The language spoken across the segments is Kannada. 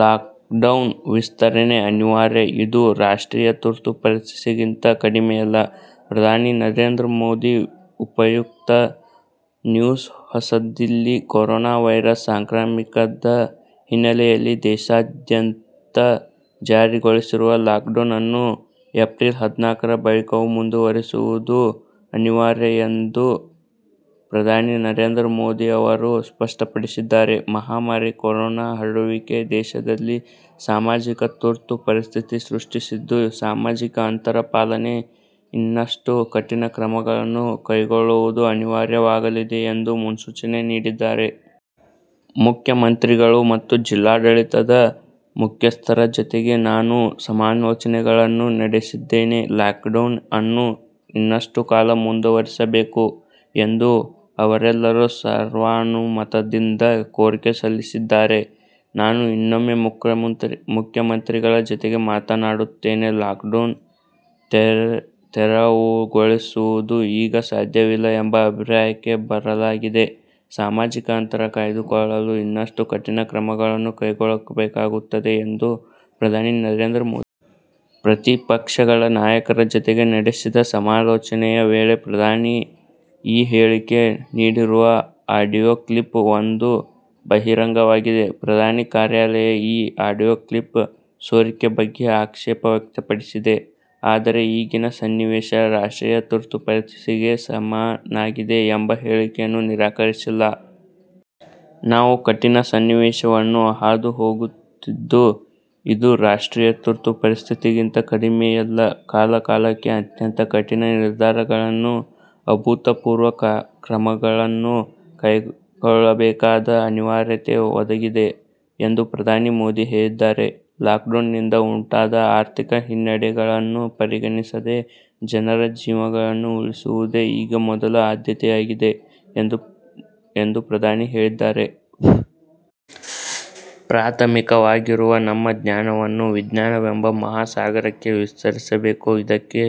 ಲಾಕ್ಡೌನ್ ವಿಸ್ತರಣೆ ಅನಿವಾರ್ಯ, ಇದು 'ರಾಷ್ಟ್ರೀಯ ತುರ್ತು ಪರಿಸ್ಥಿತಿ'ಗಿಂತ ಕಡಿಮೆಯಲ್ಲ: ಪ್ರಧಾನಿ ಮೋದಿ ಉಪಯುಕ್ತ ನ್ಯೂಸ್ ಹೊಸದಿಲ್ಲಿ: ಕೊರೊನಾ ವೈರಸ್ ಸಾಂಕ್ರಾಮಿಕದ ಹಿನ್ನೆಲೆಯಲ್ಲಿ ದೇಶಾದ್ಯಂತ ಜಾರಿಗೊಳಿಸಲಾಗಿರುವ ಲಾಕ್ಡೌನ್ ಅನ್ನು ಏಪ್ರಿಲ್ ಹದಿನಾಲ್ಕರ ಬಳಿಕವೂ ಮುಂದುವರಿಸುವುದು ಅನಿವಾರ್ಯ ಎಂದು ಪ್ರಧಾನಿ ನರೇಂದ್ರ ಮೋದಿ ಅವರು ಸ್ಪಷ್ಟಪಡಿಸಿದ್ದಾರೆ. ಮಹಾಮಾರಿ ಕೊರೊನಾ ಹರಡುವಿಕೆ ದೇಶದಲ್ಲಿ ಸಾಮಾಜಿಕ ತುರ್ತು ಪರಿಸ್ಥಿತಿ ಸೃಷ್ಟಿಸಿದ್ದು, ಸಾಮಾಜಿಕ ಅಂತರ ಪಾಲನೆಗೆ ಇನ್ನಷ್ಟು ಕಠಿಣ ಕ್ರಮಗಳನ್ನು ಕೈಗೊಳ್ಳುವುದು ಅನಿವಾರ್ಯವಾಗಲಿದೆ ಎಂದು ಮುನ್ಸೂಚನೆ ನೀಡಿದ್ದಾರೆ. 'ಮುಖ್ಯಮಂತ್ರಿಗಳು ಮತ್ತು ಜಿಲ್ಲಾಡಳಿತದ ಮುಖ್ಯಸ್ಥರ ಜತೆಗೆ ನಾನು ಸಮಾಲೋಚನೆಗಳನ್ನು ನಡೆಸಿದ್ದೇನೆ. ಲಾಕ್ಡೌನ್ ಅನ್ನು ಇನ್ನಷ್ಟು ಕಾಲ ಮುಂದುವರಿಸಬೇಕು ಎಂದು ಅವರೆಲ್ಲರೂ ಸರ್ವಾನುಮತದಿಂದ ಕೋರಿಕೆ ಸಲ್ಲಿಸಿದ್ದಾರೆ. ನಾನು ಇನ್ನೊಮ್ಮೆ ಮುಖ್ಯಮಂತ್ರಿಗಳ ಜತೆ ಮಾತನಾಡುತ್ತೇನೆ. ಲಾಕ್ ಡೌನ್ ತೆರವುಗೊಳಿಸುವುದು ಈಗ ಸಾಧ್ಯವಿಲ್ಲ ಎಂಬ ಅಭಿಪ್ರಾಯಕ್ಕೆ ಬರಲಾಗಿದೆ. ಸಾಮಾಜಿಕ ಅಂತರ ಕಾಯ್ದುಕೊಳ್ಳಲು ಇನ್ನಷ್ಟು ಕಠಿಣ ಕ್ರಮಗಳನ್ನು ಕೈಗೊಳ್ಳಬೇಕಾಗುತ್ತದೆ' ಎಂದು ಪ್ರಧಾನಿ ಮೋದಿ ಪ್ರತಿಪಕ್ಷಗಳ ನಾಯಕರ ಜತೆ ನಡೆಸಿದ ಸಮಾಲೋಚನೆಯ ವೇಳೆ ಪ್ರಧಾನಿ ಈ ಹೇಳಿಕೆ ನೀಡಿರುವ ಆಡಿಯೋ ಕ್ಲಿಪ್ ಒಂದು ಬಹಿರಂಗವಾಗಿದೆ. ಪ್ರಧಾನಿ ಕಾರ್ಯಾಲಯ ಈ ಆಡಿಯೋ ಕ್ಲಿಪ್ ಸೋರಿಕೆ ಬಗ್ಗೆ ಆಕ್ಷೇಪ ವ್ಯಕ್ತಪಡಿಸಿದೆ; ಆದರೆ ಈಗಿನ ಸನ್ನಿವೇಶ ರಾಷ್ಟ್ರೀಯ ತುರ್ತು ಪರಿಸ್ಥಿತಿಗೆ ಸಮನಾಗಿದೆ ಎಂಬ ಹೇಳಿಕೆಯನ್ನು ನಿರಾಕರಿಸಿಲ್ಲ. 'ನಾವು ಕಠಿಣ ಸನ್ನಿವೇಶವನ್ನು ಹಾದುಹೋಗುತ್ತಿದ್ದು, ಇದು ರಾಷ್ಟ್ರೀಯ ತುರ್ತು ಪರಿಸ್ಥಿತಿಗಿಂತ ಕಡಿಮೆಯಲ್ಲ. ಕಾಲ ಕಾಲಕ್ಕೆ ಅತ್ಯಂತ ಕಠಿಣ ನಿರ್ಧಾರಗಳನ್ನು, ಅಭೂತಪೂರ್ವ ಕ್ರಮಗಳನ್ನು ಕೈಗೊಳ್ಳಬೇಕಾದ ಅನಿವಾರ್ಯತೆ ಒದಗಿದೆ' ಎಂದು ಪ್ರಧಾನಿ ಮೋದಿ ಹೇಳಿದ್ದಾರೆ. ಲಾಕ್ಡೌನ್ನಿಂದ ಉಂಟಾದ ಆರ್ಥಿಕ ಹಿನ್ನಡೆಗಳನ್ನು ಪರಿಗಣಿಸದೆ, ಜನರ ಜೀವಗಳನ್ನು ಉಳಿಸುವುದೇ ಈಗ ಮೊದಲ ಆದ್ಯತೆಯಾಗಿದೆ ಎಂದು ಪ್ರಧಾನಿ ಹೇಳಿದ್ದಾರೆ. ಪ್ರಾಥಮಿಕವಾಗಿರುವ ನಮ್ಮ ಜ್ಞಾನವನ್ನು ವಿಜ್ಞಾನವೆಂಬ ಮಹಾ ಸಾಗರಕ್ಕೆ ವಿಸ್ತರಿಸಬೇಕು. ಇದಕ್ಕೆ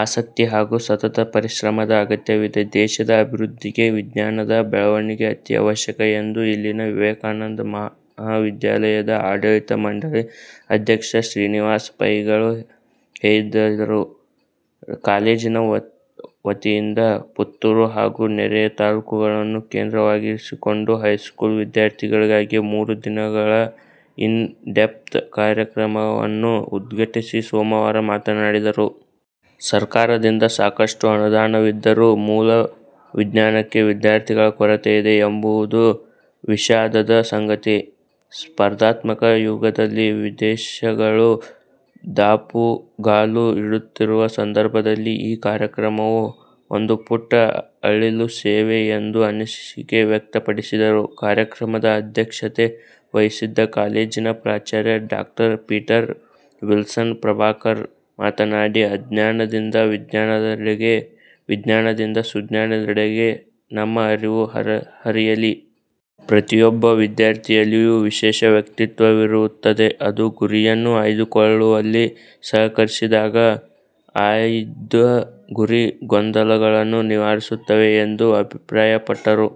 ಆಸಕ್ತಿ ಹಾಗೂ ಸತತ ಪರಿಶ್ರಮದ ಅಗತ್ಯವಿದೆ, ದೇಶದ ಅಭಿವೃದ್ಧಿಗೆ ವಿಜ್ಞಾನದ ಬೆಳವಣಿಗೆ ಅತೀ ಅವಶ್ಯಕ ಎಂದು ಇಲ್ಲಿನ ವಿವೇಕಾನಂದ ಮಹಾವಿದ್ಯಾಲಯದ ಆಡಳಿತ ಮಂಡಳಿ ಅಧ್ಯಕ್ಷ ಶ್ರೀನಿವಾಸ್ ಪೈ ಹೇಳಿದರು. ಕಾಲೇಜಿನ ವತಿಯಿಂದ ಪುತ್ತೂರು ಹಾಗೂ ನೆರೆಯ ತಾಲೂಕುಗಳನ್ನು ಕೇಂದ್ರವಾಗಿಸಿಕೊಂಡು ಹೈಸ್ಕೂಲ್ ವಿದ್ಯಾರ್ಥಿಗಳಿಗಾಗಿ ಮೂರು ದಿನಗಳ ಇನ್ ಡೆಪ್ತ್ ಕಾರ್ಯಕ್ರಮವನ್ನು ಉದ್ಘಾಟಿಸಿ ಸೋಮವಾರ ಮಾತನಾಡಿದರು. ಸರ್ಕಾರದಿಂದ ಸಾಕಷ್ಟು ಅನುದಾನವಿದ್ದರೂ ಮೂಲ ವಿಜ್ಞಾನಕ್ಕೆ ವಿದ್ಯಾರ್ಥಿಗಳ ಕೊರತೆಯಿದೆ ಎಂಬುವುದು ವಿಷಾದದ ಸಂಗತಿ. ಸ್ಪರ್ಧಾತ್ಮಕ ಯುಗದಲ್ಲಿ ವಿದೇಶಗಳು ದಾಪುಗಾಲು ಇಡುತ್ತಿರುವ ಸಂದರ್ಭದಲ್ಲಿ ಈ ಕಾರ್ಯಕ್ರಮವು ಒಂದು ಪುಟ್ಟ ಅಳಿಲು ಸೇವೆ ಎಂದು ಅನಿಸಿಕೆ ವ್ಯಕ್ತಪಡಿಸಿದರು. ಕಾರ್ಯಕ್ರಮದ ಅಧ್ಯಕ್ಷತೆ ವಹಿಸಿದ್ದ ಕಾಲೇಜಿನ ಪ್ರಾಚಾರ್ಯ ಡಾ. ಪೀಟರ್ ವಿಲ್ಸನ್ ಪ್ರಭಾಕರ್ ಮಾತನಾಡಿ, ಅಜ್ಞಾನದಿಂದ ವಿಜ್ಞಾನದೆಡೆಗೆ, ವಿಜ್ಞಾನದಿಂದ ಸುಜ್ಞಾನದೆಡೆಗೆ ನಮ್ಮ ಅರಿವು ಹರಿಯಲಿ. ಪ್ರತಿಯೊಬ್ಬ ವಿದ್ಯಾರ್ಥಿಯಲ್ಲಿಯೂ ವಿಶೇಷ ವ್ಯಕ್ತಿತ್ವವಿರುತ್ತದೆ. ಅದು ಗುರಿಯನ್ನು ಆಯ್ದುಕೊಳ್ಳುವಲ್ಲಿ ಸಹಕರಿಸಿದಾಗ ಆಯ್ದ ಗುರಿ ಗೊಂದಲಗಳನ್ನು ನಿವಾರಿಸುತ್ತದೆ ಎಂದು ಅಭಿಪ್ರಾಯಪಟ್ಟರು.